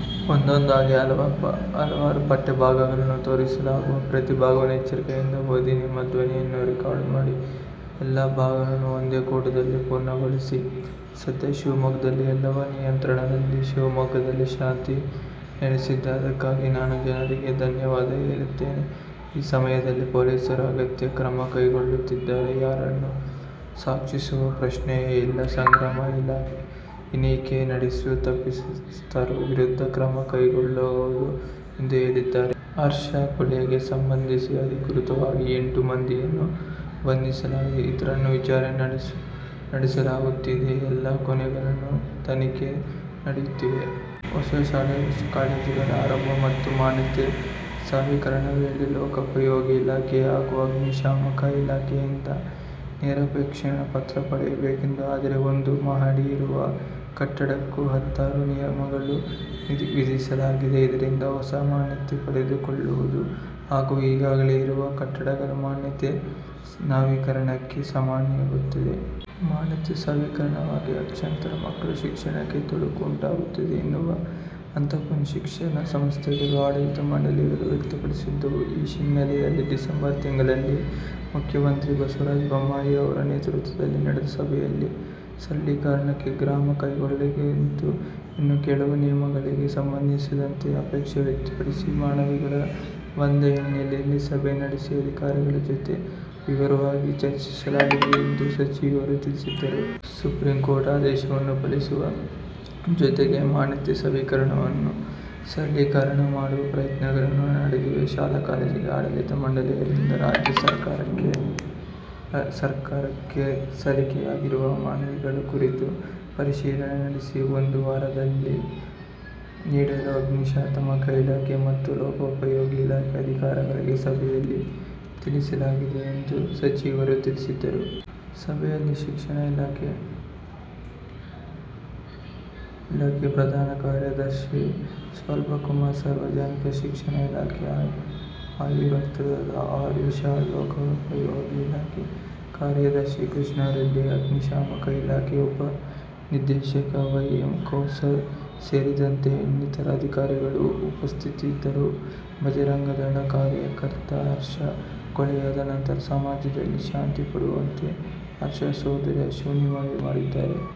ಸದ್ಯ ಶಿವಮೊಗ್ಗದಲ್ಲಿ ಎಲ್ಲವೂ ನಿಯಂತ್ರಣದಲ್ಲಿದೆ, ಶಿವಮೊಗ್ಗದಲ್ಲಿ ಶಾಂತಿ ನೆಲೆಸಿದೆ. ಅದಕ್ಕಾಗಿ ನಾನು ಜನರಿಗೆ ಧನ್ಯವಾದ ಹೇಳುತ್ತೇನೆ. ಈ ಸಮಯದಲ್ಲಿ ಪೊಲೀಸರು ಅಗತ್ಯ ಕ್ರಮ ಕೈಗೊಳ್ಳುತ್ತಿದ್ದಾರೆ. ಯಾರನ್ನೂ ರಕ್ಷಿಸುವ ಪ್ರಶ್ನೆಯೇ ಇಲ್ಲ, ಸಮಗ್ರ ತನಿಖೆ ನಡೆಸಿ ತಪ್ಪಿತಸ್ಥರ ವಿರುದ್ಧ ಕ್ರಮ ಕೈಗೊಳ್ಳಲಾಗುವುದು ಎಂದು ಹೇಳಿದ್ದಾರೆ. ಹರ್ಷ ಕೊಲೆಗೆ ಸಂಬಂಧಿಸಿ ಅಧಿಕೃತವಾಗಿ ಎಂಟು ಮಂದಿಯನ್ನು ಬಂಧಿಸಲಾಗಿದ್ದು, ಇತರರನ್ನು ವಿಚಾರಣೆ ನಡೆಸಲಾಗುತ್ತಿದೆ, ಎಲ್ಲಾ ಕೋನಗಳಲ್ಲಿ ತನಿಖೆ ನಡೆಯುತ್ತಿದೆ. ಹೊಸ ಶಾಲಾ-ಕಾಲೇಜುಗಳ ಆರಂಭ ಮತ್ತು ಮಾನ್ಯತೆ ನವೀಕರಣ ವೇಳೆ ಲೋಕೋಪಯೋಗಿ ಇಲಾಖೆ ಹಾಗೂ ಅಗ್ನಿಶಾಮಕ ಇಲಾಖೆಯಿಂದ ನಿರಾಪೇಕ್ಷಣ ಪತ್ರ ಪಡೆಯಬೇಕಿದೆ. ಆದರೆ, ಒಂದು ಮಹಡಿ ಇರುವ ಕಟ್ಟಡಕ್ಕೂ ಹತ್ತಾರು ನಿಯಮಗಳನ್ನು ವಿಧಿಸಲಾಗಿದೆ. ಇದರಿಂದ ಹೊಸ ಮಾನ್ಯತೆ ಪಡೆದುಕೊಳ್ಳುವುದು ಹಾಗೂ ಈಗಾಗಲೇ ಇರುವ ಕಟ್ಟಡಗಳ ಮಾನ್ಯತೆ ನವೀಕರಣಕ್ಕೆ ಸಮಸ್ಯೆಯಾಗುತ್ತಿದೆ. ಮಾನ್ಯತೆ ನವೀಕರಣವಾಗದೆ ಲಕ್ಷಾಂತರ ಮಕ್ಕಳ ಶಿಕ್ಷಣಕ್ಕೆ ತೊಡಕು ಉಂಟಾಗುತ್ತದೆ ಎನ್ನುವ ಆತಂಕವನ್ನು ಶಿಕ್ಷಣ ಸಂಸ್ಥೆಗಳು, ಆಡಳಿತ ಮಂಡಳಿಗಳು ವ್ಯಕ್ತಪಡಿಸಿದ್ದವು. ಈ ಹಿನ್ನೆಲೆಯಲ್ಲಿ ಡಿಸೆಂಬರ್ ತಿಂಗಳಲ್ಲಿ ಮುಖ್ಯಮಂತ್ರಿ ಬಸವರಾಜ ಬೊಮ್ಮಾಯಿ ಅವರ ನೇತೃತ್ವದಲ್ಲಿ ನಡೆದ ಸಭೆಯಲ್ಲಿ ಸರಳೀಕರಣಕ್ಕೆ ಕ್ರಮ ಕೈಗೊಳ್ಳಲಾಗಿತ್ತು. ಇನ್ನು ಕೆಲವು ನಿಯಮಗಳಿಗೆ ಸಂಬಂಧಿಸಿದಂತೆ ಆಕ್ಷೇಪ ವ್ಯಕ್ತಪಡಿಸಿ ಮನವಿಗಳು ಬಂದ ಹಿನ್ನೆಲೆಯಲ್ಲಿ ಸಭೆ ನಡೆಸಿ ಅಧಿಕಾರಿಗಳ ಜೊತೆ ವಿವರವಾಗಿ ಚರ್ಚಿಸಲಾಗಿದೆ ಎಂದು ಸಚಿವರು ತಿಳಿಸಿದರು. 'ಸುಪ್ರೀಂಕೋರ್ಟ್ ಆದೇಶವನ್ನು ಪಾಲಿಸುವ ಜೊತೆಗೆ ಮಾನ್ಯತೆ ನವೀಕರಣವನ್ನು ಸರಳೀಕರಣ ಮಾಡುವ ಪ್ರಯತ್ನಗಳು ನಡೆದಿವೆ. ಶಾಲಾ-ಕಾಲೇಜುಗಳ ಆಡಳಿತ ಮಂಡಳಿಗಳಿಂದ ರಾಜ್ಯ ಸರ್ಕಾರಕ್ಕೆ ಸಲ್ಲಿಕೆಯಾಗಿರುವ ಮನವಿಗಳ ಕುರಿತು ಪರಿಶೀಲನೆ ನಡೆಸಿ ಒಂದು ವಾರದಲ್ಲಿ ವರದಿ ನೀಡಲು ಅಗ್ನಿಶಾಮಕ ಇಲಾಖೆ ಮತ್ತು ಲೋಕೋಪಯೋಗಿ ಇಲಾಖೆ ಅಧಿಕಾರಿಗಳಿಗೆ ಸಭೆಯಲ್ಲಿ ತಿಳಿಸಲಾಗಿದೆ' ಎಂದು ಸಚಿವರು ತಿಳಿಸಿದರು. ಸಭೆಯಲ್ಲಿ ಶಿಕ್ಷಣ ಇಲಾಖೆ ಪ್ರಧಾನ ಕಾರ್ಯದರ್ಶಿ ಸೆಲ್ವಕುಮಾರ್, ಸಾರ್ವಜನಿಕ ಶಿಕ್ಷಣ ಇಲಾಖೆ ಆಯುಕ್ತರಾದ ಆರ್. ವಿಶಾಲ್, ಲೋಕೋಪಯೋಗಿ ಇಲಾಖೆ ಕಾರ್ಯದರ್ಶಿ ಕೃಷ್ಣಾರೆಡ್ಡಿ, ಅಗ್ನಿಶಾಮಕ ಇಲಾಖೆ ಉಪ ನಿರ್ದೇಶಕ ವೈ. ಎ. ಕೌಸರ್ ಸೇರಿದಂತೆ ಇನ್ನಿತರ ಅಧಿಕಾರಿಗಳು ಉಪಸ್ಥಿತರಿದ್ದರು. ಬಜರಂಗದಳ ಕಾರ್ಯಕರ್ತ ಹರ್ಷ ಕೊಲೆಯಾದ ನಂತರ ಸಮಾಜದಲ್ಲಿ ಶಾಂತಿ ಕಾಪಾಡುವಂತೆ ಹರ್ಷ ಸಹೋದರಿ ಅಶ್ವಿನಿ ಮನವಿ ಮಾಡಿದ್ದಾರೆ.